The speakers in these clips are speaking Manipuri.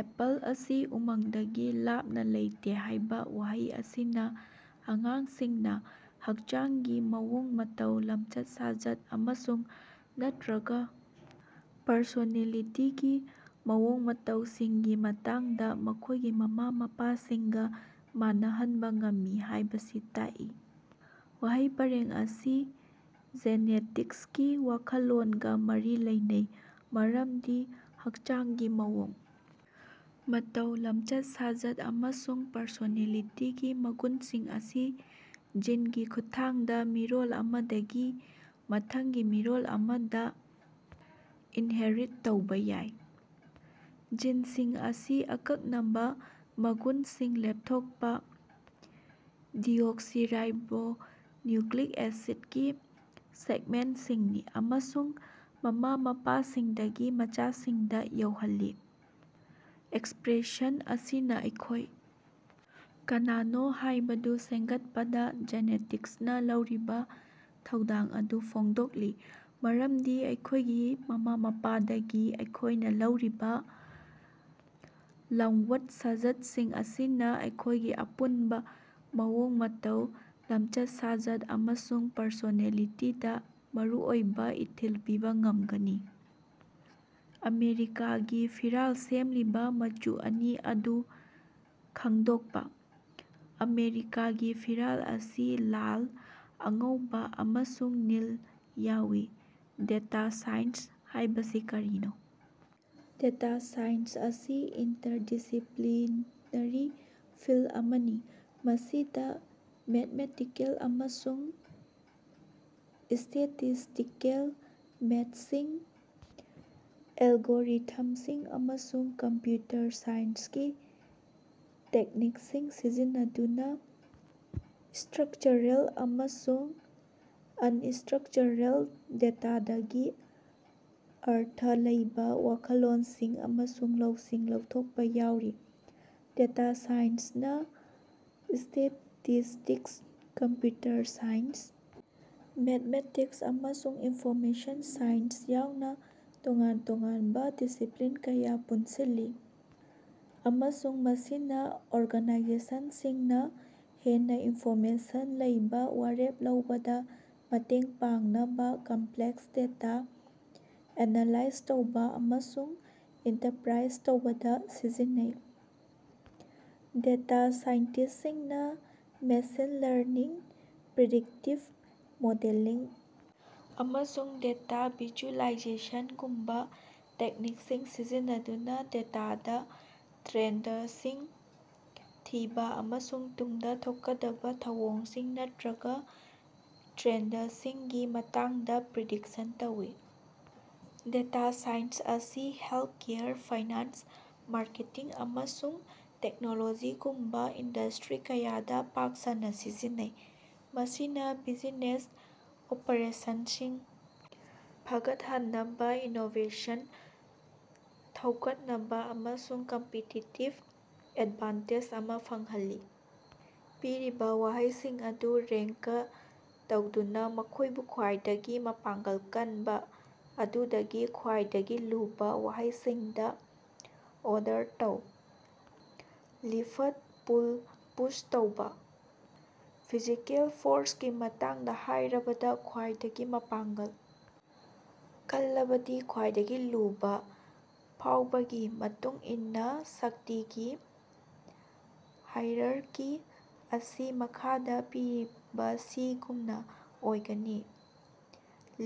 ꯑꯦꯄꯜ ꯑꯁꯤ ꯎꯃꯪꯗꯒꯤ ꯂꯥꯞꯅ ꯂꯩꯇꯦ ꯍꯥꯏꯕ ꯋꯥꯍꯩ ꯑꯁꯤꯅ ꯑꯉꯥꯡꯁꯤꯡꯅ ꯍꯛꯆꯥꯡꯒꯤ ꯃꯑꯣꯡ-ꯃꯇꯧ, ꯂꯝꯆꯠ-ꯁꯥꯖꯠ ꯑꯃꯁꯨꯡ/ꯅꯠꯇ꯭ꯔꯒ ꯄꯔꯁꯣꯅꯦꯂꯤꯇꯤꯒꯤ ꯃꯑꯣꯡ-ꯃꯇꯧꯁꯤꯡꯒꯤ ꯃꯇꯥꯡꯗ ꯃꯈꯣꯏꯒꯤ ꯃꯃꯥ-ꯃꯄꯥꯁꯤꯡꯒ ꯃꯥꯟꯅꯍꯟꯕ ꯉꯝꯃꯤ ꯍꯥꯢꯕꯁꯤ ꯇꯥꯛꯏ ꯫ ꯋꯥꯍꯩ ꯄꯔꯦꯡ ꯑꯁꯤ ꯖꯦꯅꯦꯇꯤꯛꯁꯀꯤ ꯋꯥꯈꯜꯂꯣꯟꯒ ꯃꯔꯤ ꯂꯩꯅꯩ ꯃꯔꯝꯗꯤ ꯍꯛꯆꯥꯡꯒꯤ ꯃꯑꯣꯡ ꯃꯇꯧ, ꯂꯝꯆꯠ-ꯁꯥꯖꯠ ꯑꯃꯁꯨꯡ ꯄꯔꯁꯣꯅꯦꯂꯤꯇꯤꯒꯤ ꯃꯒꯨꯟꯁꯤꯡ ꯑꯁꯤ ꯖꯤꯟꯒꯤ ꯈꯨꯠꯊꯥꯡꯗ ꯃꯤꯔꯣꯜ ꯑꯃꯗꯒꯤ ꯃꯊꯪꯒꯤ ꯃꯤꯔꯣꯜ ꯑꯃꯗ ꯏꯟꯍꯦꯔꯤꯠ ꯇꯧꯕ ꯌꯥꯏ꯫ ꯖꯤꯟꯁꯤꯡ ꯑꯁꯤ ꯑꯀꯛꯅꯕ ꯃꯒꯨꯟꯁꯤꯡ ꯂꯦꯞꯊꯣꯛꯄ ꯗꯤꯑꯣꯛꯁꯤꯔꯥꯏꯕꯣ ꯅꯤꯌꯨꯀ꯭ꯂꯤꯛ ꯑꯦꯁꯤꯠ ꯒꯤ ꯁꯦꯒꯃꯦꯟꯇꯁꯤꯡꯅꯤ ꯑꯃꯁꯨꯡ ꯃꯃꯥ-ꯃꯄꯥꯁꯤꯡꯗꯒꯤ ꯃꯆꯥꯁꯤꯡꯗ ꯌꯧꯍꯜꯂꯤ꯫ ꯑꯦꯛꯁꯄ꯭ꯔꯦꯁꯟ ꯑꯁꯤꯅ ꯑꯩꯈꯣꯏ ꯀꯅꯥꯅꯣ ꯍꯥꯏꯕꯗꯨ ꯁꯦꯝꯒꯠꯄꯗ ꯖꯦꯅꯦꯇꯤꯛꯁꯅ ꯂꯧꯔꯤꯕ ꯊꯧꯗꯥꯡ ꯑꯗꯨ ꯐꯣꯡꯗꯣꯛꯂꯤ ꯃꯔꯝꯗꯤ ꯑꯩꯈꯣꯏꯒꯤ ꯃꯃꯥ-ꯃꯄꯥꯗꯒꯤ ꯑꯩꯈꯣꯏꯅ ꯂꯧꯔꯤꯕ ꯂꯝꯋꯠ-ꯁꯥꯖꯠꯁꯤꯡ ꯑꯁꯤꯅ ꯑꯩꯈꯣꯏꯒꯤ ꯑꯄꯨꯟꯕ ꯃꯑꯣꯡ ꯃꯇꯧ, ꯂꯝꯆꯠ-ꯁꯥꯖꯠ ꯑꯃꯁꯨꯡ ꯄꯔꯁꯣꯅꯦꯂꯤꯇꯤꯗ ꯃꯔꯨꯑꯣꯏꯕ ꯏꯊꯤꯜ ꯄꯤꯕ ꯉꯝꯒꯅꯤ ꯫ ꯑꯃꯦꯔꯤꯀꯥꯒꯤ ꯐꯤꯔꯥꯜ ꯁꯦꯝꯂꯤꯕ ꯃꯆꯨ ꯑꯅꯤ ꯑꯗꯨ ꯈꯪꯗꯣꯛꯄ꯫ ꯑꯃꯦꯔꯤꯀꯥꯒꯤ ꯐꯤꯔꯥꯜ ꯑꯁꯤ ꯂꯥꯜ, ꯑꯉꯧꯕ ꯑꯃꯁꯨꯡ ꯅꯤꯜ ꯌꯥꯎꯏ꯫ ꯗꯦꯇꯥ ꯁꯥꯏꯟꯁ ꯍꯥꯢꯕꯁꯤ ꯀꯔꯤꯅꯣ? ꯗꯦꯇꯥ ꯁꯥꯏꯟꯁ ꯑꯁꯤ ꯏꯟꯇꯔꯗꯤꯁꯤꯄ꯭ꯂꯤꯅꯔꯤ ꯐꯤꯜꯗ ꯑꯃꯅꯤ ꯃꯁꯤꯗ ꯃꯦꯊꯃꯦꯇꯤꯀꯦꯜ ꯑꯃꯁꯨꯡ ꯁ꯭ꯇꯦꯇꯤꯁꯇꯤꯀꯦꯜ ꯃꯦꯊꯗꯁꯤꯡ, ꯑꯦꯜꯒꯣꯔꯤꯊꯝꯁꯤꯡ ꯑꯃꯁꯨꯡ ꯀꯝꯄ꯭ꯌꯨꯇꯔ ꯁꯥꯏꯟꯁꯀꯤ ꯇꯦꯛꯅꯤꯛꯁꯤꯡ ꯁꯤꯖꯤꯟꯅꯗꯨꯅ ꯁ꯭ꯇꯔꯀꯆꯔꯦꯜ ꯑꯃꯁꯨꯡ ꯑꯅꯁ꯭ꯇꯔꯀꯆꯔꯦꯜ ꯗꯦꯇꯥꯗꯒꯤ ꯑꯔꯊ ꯂꯩꯕ ꯋꯥꯈꯜꯂꯣꯟꯁꯤꯡ ꯑꯃꯁꯨꯡ ꯂꯧꯁꯤꯡ ꯂꯧꯊꯣꯛꯄ ꯌꯥꯎꯔꯤ꯫ ꯗꯦꯇꯥ ꯁꯥꯏꯟꯁꯅ ꯁ꯭ꯇꯦꯇꯤꯁꯇꯤꯛꯁ, ꯀꯝꯄ꯭ꯌꯨꯇꯔ ꯁꯥꯏꯟꯁ, ꯃꯦꯊꯃꯦꯇꯤꯛꯁ ꯑꯃꯁꯨꯡ ꯏꯟꯐꯣꯔꯃꯦꯁꯟ ꯁꯥꯏꯟꯁ ꯌꯥꯎꯅ ꯇꯣꯉꯥꯟ-ꯇꯣꯉꯥꯟꯕ ꯗꯤꯁꯤꯄ꯭ꯂꯤꯟ ꯀꯌꯥ ꯄꯨꯟꯁꯤꯜꯂꯤ ꯑꯃꯁꯨꯡ ꯃꯁꯤꯅ ꯑꯣꯔꯒꯥꯅꯥꯏꯖꯦꯁꯟꯁꯤꯡꯅ ꯍꯦꯟꯅ ꯏꯟꯐꯣꯔꯃꯦꯁꯟ ꯂꯩꯕ ꯋꯥꯔꯦꯞ ꯂꯧꯕꯗ ꯃꯇꯦꯡ ꯄꯥꯡꯅꯕ ꯀꯝꯄ꯭ꯂꯦꯛꯁ ꯗꯦꯇꯥ ꯑꯦꯅꯥꯂꯥꯏꯖ ꯇꯧꯕ ꯑꯃꯁꯨꯡ ꯏꯟꯇꯔꯄ꯭ꯔꯥꯏꯖ ꯇꯧꯕꯗ ꯁꯤꯖꯤꯟꯅꯩ꯫ ꯗꯦꯇꯥ ꯁꯥꯏꯟꯇꯤꯁ꯭ꯇꯁꯤꯡꯅ ꯃꯦꯁꯤꯟ ꯂꯔꯅꯤꯡ, ꯄ꯭ꯔꯤꯗꯤꯛꯇꯤꯚ ꯃꯣꯗꯦꯂꯤꯡ ꯑꯃꯁꯨꯡ ꯗꯦꯇꯥ ꯚꯤꯖꯨꯑꯦꯂꯥꯏꯖꯦꯁꯟꯒꯨꯝꯕ ꯇꯦꯛꯅꯤꯛꯁꯤꯡ ꯁꯤꯖꯤꯟꯅꯗꯨꯅ ꯗꯦꯇꯥꯗ ꯇ꯭ꯔꯦꯟꯗꯁꯤꯡ ꯊꯤꯕ ꯑꯃꯁꯨꯡ ꯇꯨꯡꯗ ꯊꯣꯛꯀꯗꯕ ꯊꯧꯗꯣꯛꯁꯤꯡ ꯅꯠꯇ꯭ꯔꯒ ꯇ꯭ꯔꯦꯟꯗꯁꯤꯡꯒꯤ ꯃꯇꯥꯡꯗ ꯄ꯭ꯔꯤꯗꯤꯛꯁꯟ ꯇꯧꯏ꯫ ꯗꯦꯇꯥ ꯁꯥꯏꯟꯁ ꯑꯁꯤ ꯍꯦꯜꯊꯀꯦꯌꯔ, ꯐꯥꯏꯅꯥꯟꯁ, ꯃꯥꯔꯀꯦꯇꯤꯡ ꯑꯃꯁꯨꯡ ꯇꯦꯛꯅꯣꯂꯣꯖꯤꯒꯨꯝꯕ ꯏꯟꯗꯁꯇ꯭ꯔꯤ ꯀꯌꯥꯗ ꯄꯥꯛ ꯁꯟꯅ ꯁꯤꯖꯤꯟꯅꯩ, ꯃꯁꯤꯅ ꯕꯤꯖꯤꯅꯦꯁ ꯑꯣꯄꯔꯦꯁꯟꯁꯤꯡ ꯐꯒꯠꯍꯟꯅꯕ, ꯏꯅꯣꯚꯦꯁꯟ ꯊꯧꯒꯠꯅꯕ ꯑꯃꯁꯨꯡ ꯀꯝꯄꯤꯇꯤꯇꯤꯚ ꯑꯦꯗꯚꯥꯟꯇꯦꯖ ꯑꯃ ꯐꯪꯍꯜꯂꯤ꯫ ꯄꯤꯔꯤꯕ ꯋꯥꯍꯩꯁꯤꯡ ꯑꯗꯨ ꯔꯦꯡꯀ ꯇꯧꯗꯨꯅ, ꯃꯈꯣꯏꯕꯨ ꯈ꯭ꯋꯥꯏꯗꯒꯤ ꯃꯄꯥꯡꯒꯜ ꯀꯟꯕ ꯑꯗꯨꯗꯒꯤ ꯈ꯭ꯋꯥꯏꯗꯒꯤ ꯂꯨꯕ ꯋꯥꯍꯩꯁꯤꯡꯗ ꯑꯣꯔꯗꯔ ꯇꯧ꯫ ꯂꯤꯐꯠ, ꯄꯨꯜ, ꯄꯨꯁ ꯇꯧꯕ꯫ ꯐꯤꯖꯤꯀꯦꯜ ꯐꯣꯔꯁꯀꯤ ꯃꯇꯥꯡꯗ ꯍꯥꯏꯔꯕꯗ, ꯈ꯭ꯋꯥꯏꯗꯒꯤ ꯃꯄꯥꯡꯒꯜ ꯀꯜꯂꯕꯗꯤ ꯈ꯭ꯋꯥꯏꯗꯒꯤ ꯂꯨꯕ ꯐꯥꯎꯕꯒꯤ ꯃꯇꯨꯡ ꯏꯟꯅ ꯁꯛꯇꯤꯒꯤ ꯍꯥꯏꯔꯥꯔꯀꯤ ꯑꯁꯤ ꯃꯈꯥꯗ ꯄꯤꯔꯤꯕꯁꯤꯒꯨꯝꯅ ꯑꯣꯏꯒꯅꯤ: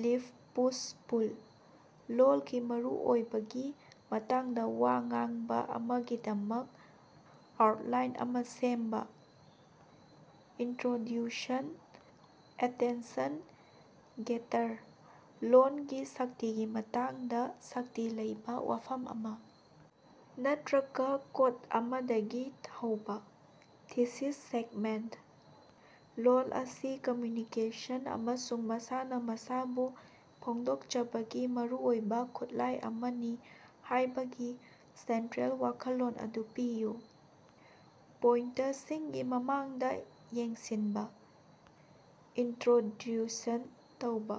ꯂꯤꯐ, ꯄꯨꯁ, ꯄꯨꯜ꯫ ꯂꯣꯜꯒꯤ ꯃꯔꯨꯑꯣꯏꯕꯒꯤ ꯃꯇꯥꯡꯗ ꯋꯥ ꯉꯥꯡꯕ ꯑꯃꯒꯤꯗꯃꯛ ꯑꯥꯎꯇꯂꯥꯏꯟ ꯑꯃ ꯁꯦꯝꯕ꯫ ꯏꯟꯇ꯭ꯔꯣꯗ꯭ꯌꯨꯁꯟ ꯑꯦꯇꯦꯟꯁꯟ-ꯒꯦꯇꯔ: ꯂꯣꯜꯒꯤ ꯁꯛꯇꯤꯒꯤ ꯃꯇꯥꯡꯗ ꯁꯛꯇꯤ ꯂꯩꯕ ꯋꯥꯐꯝ ꯑꯃ ꯅꯠꯇ꯭ꯔꯒ ꯀꯣꯠ ꯑꯃꯗꯒꯤ ꯍꯧꯕ꯫ ꯊꯤꯁꯤꯁ ꯁ꯭ꯇꯦꯠꯃꯦꯟꯇ: ꯂꯣꯜ ꯑꯁꯤ ꯀꯝꯃ꯭ꯌꯨꯅꯤꯀꯦꯁꯟ ꯑꯃꯁꯨꯡ ꯃꯁꯥꯅ ꯃꯁꯥꯕꯨ ꯐꯣꯡꯗꯣꯛꯆꯕꯒꯤ ꯃꯔꯨꯑꯣꯏꯕ ꯈꯨꯠꯂꯥꯏ ꯑꯃꯅꯤ ꯍꯥꯏꯕꯒꯤ ꯁꯦꯟꯇ꯭ꯔꯦꯜ ꯋꯥꯈꯜꯂꯣꯟ ꯑꯗꯨ ꯄꯤꯌꯨ꯫ ꯄꯣꯏꯟꯇꯁꯤꯡꯒꯤ ꯃꯃꯥꯡꯗ ꯌꯦꯡꯁꯤꯟꯕ: ꯏꯟꯇ꯭ꯔꯣꯗ꯭ꯌꯨꯁꯟ ꯇꯧꯕ꯫